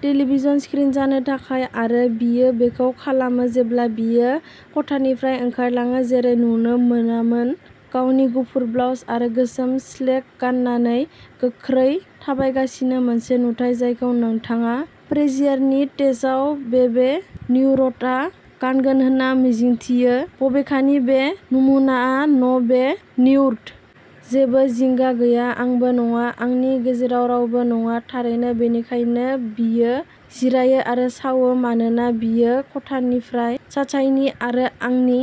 Television screen जानो थाखाय आरो बियो बेखौ खालामो जेब्ला बियो खथानिफ्राय ओंखारलाङो जेरै नुनो मोनामोन गावनि गुफुर ब्लाउज आरो गोसोम स्लेक गाननानै गोख्रै थाबायगासिनो मोनसे नुथाइ जायखौ नोंथाङा फ्रेजियार नि सेटआव बेबे न्युवर्थआ गानगोन होनना मिजिंथियो बबेखानि बे नमुनाआ न' बे न्युवर्थ। जेबो जिंगा गैया आंबो नङा। जोंनि गेजेराव रावबो नङा थारैनो। बेनिखायनो बियो जिरायो आरो सावो मानोना बियो खथानिफ्राय साशायनि आरो आंनि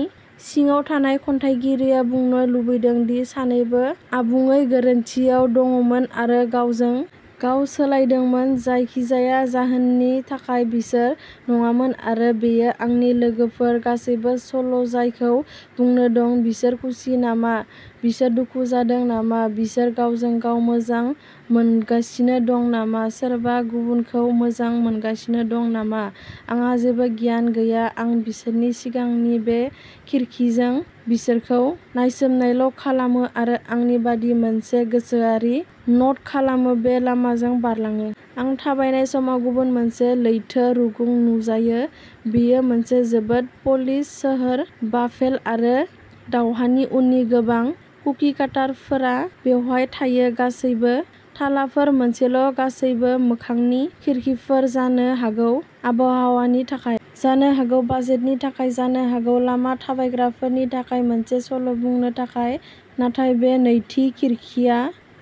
सिङाव थानाय खन्थाइगिरिया बुंनो लुबैदों दि सानैबो आबुं गोरोबथियाव दंमोन आरो गावजों गाव सौलायदोंमोन जायखिजाया जाहोननि थाखाय बिसोर नङामोन आरो बेयो आंनि लोगोफोर गासिबो सल'जायखौ बुंनो दं बिसोर खुसि नामा बिसोर दुखु जादों नामा बिसोर गावजों गाव मोजां मोनगासिनो दं नामा सोरबा गुबुनखौ मोजां मोनगासिनो दं नामा आंहा जेबो गियान गैया आं बिसोरनि सिगांनि बे खिरखिजों बिसोरखौ नायसोमनायल' खालामो आरो आंनि बायदि मोनसे गोसोआरि न'ट खालामो बे लामाजों बारलाङो। आं थाबायनाय समाव गुबुन मोनसे लैथो रुगुं नुजायो बेयो मोनसे जोबोद प'लिश सोहोर बाफेल' आरो दावहानि उननि गोबां कुकि काटार फोरा बेवहाय थायो गासैबो थालाफोर मोनसेल गासैबो मोखांनि खिरखिफोर। जानो हागौ आबहावानि थाखाय जानो हागौ बाजेटनि थाखाय जानो हागौ लामा थाबायग्राफोरनि थाखाय मोनसे सल' बुंनो थाखाय नाथाय बे नैथि खिरखिआ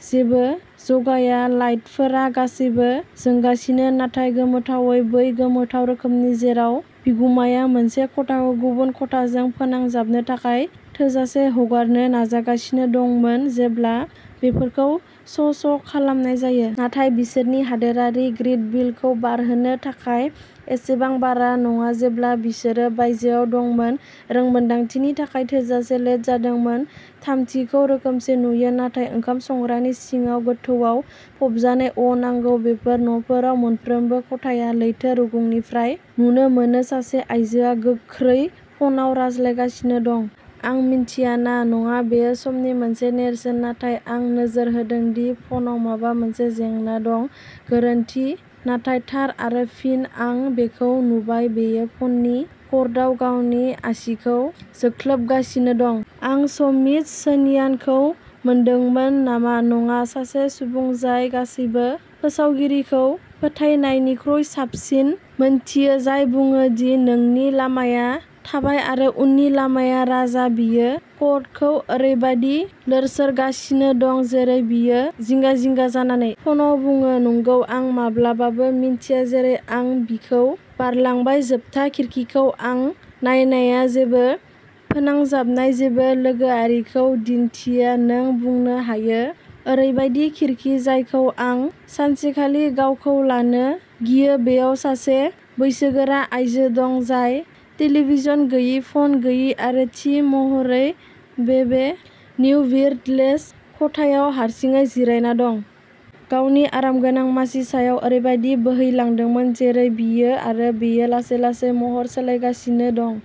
जेबो जगाया लाइटफोरा गासैबो जोंखांनाय नाथाय गोमोथावै बै गोमोथाव रोखोमनि जेराव बिगुमाया मोनसे खथाखौ गुबुन खथाजों फोनांजाबनो थाखाय थोजासे हगारनो नाजागासिनो दंमोन जेब्ला बेफोरखौ स स खालामनाय जायो। नाथाय बिसोरनि हादोरारि ग्रिड बिलखौ बारहोनो थाखाय एसेबां बारा नङा जेब्ला बिसोरो बायजोआव दंमोन रोंमोन्दांथिनि थाखाय थोजासे ल'ड जादोंमोन। थामथिखौ रोखोमसे नुयो नाथाय ओंखाम संग्रानि सिङाव गोथौआव फबजानाय अ नंगौ बेफोर न'फोराव मोनफ्रोमबो खथाया लैथो रुगुंनिफ्राय नुनो मोनो सासे आयजोआ गोख्रै फनआव रायज्लायगासिनो दं। आं मिथिया ना नङा बेयो समनि मोनसे नेरसोन नाथाय आं नोजोर होदों दि फनाव माबा मोनसे जेंना दं गोरोन्थि नाथाय थार आरो फिन आं बेखौ नुबाय बियो फननि कर्डआव गावनि आसिखौ जोख्लोबगासिनो दं आं स्मिथसोनियानखौ मोनदोंमोन नामा नङा सासे सुबुं जाय गासिबो फोसावगिरिखौ फोथायनायनिख्रुइ साबसिन मोनथियो जाय बुङो दि नोंनि लामाया थैबाय आरो उननि लामाया राजा बियो कर्डखौ ओरैबायदि लोरसोरगासिनो दं जेरै बियो जिंगा जिंगा जानानै फनाव बुङो नंगौना आं माब्लाबाबो मिन्थिया जेरै आं बिखौ बारलांबाय जोबथा खिरखिखौ आं नायनाया जेबो फोनांजाबनाय जेबो लोगोआरिखौ दिन्थिया नों बुंनो हायो ओरैबायदि खिरखि जायखौ आं सानसेखालि गावखौ लानो गियो बेयाव सासे बैसोगोरा आइजो दं जाय टेलिभिजन गैयै फन गैयै आरो थि महरै बेबे निउविर्थलेस खथायाव हारसिङै जिरायना दं। गावनि आरामगोनां मासि सायाव ओरैबायदि बोहैलांदोंमोन जेरै बियो आरो बेयो लासै-लासै महर सोलायगासिनो दं।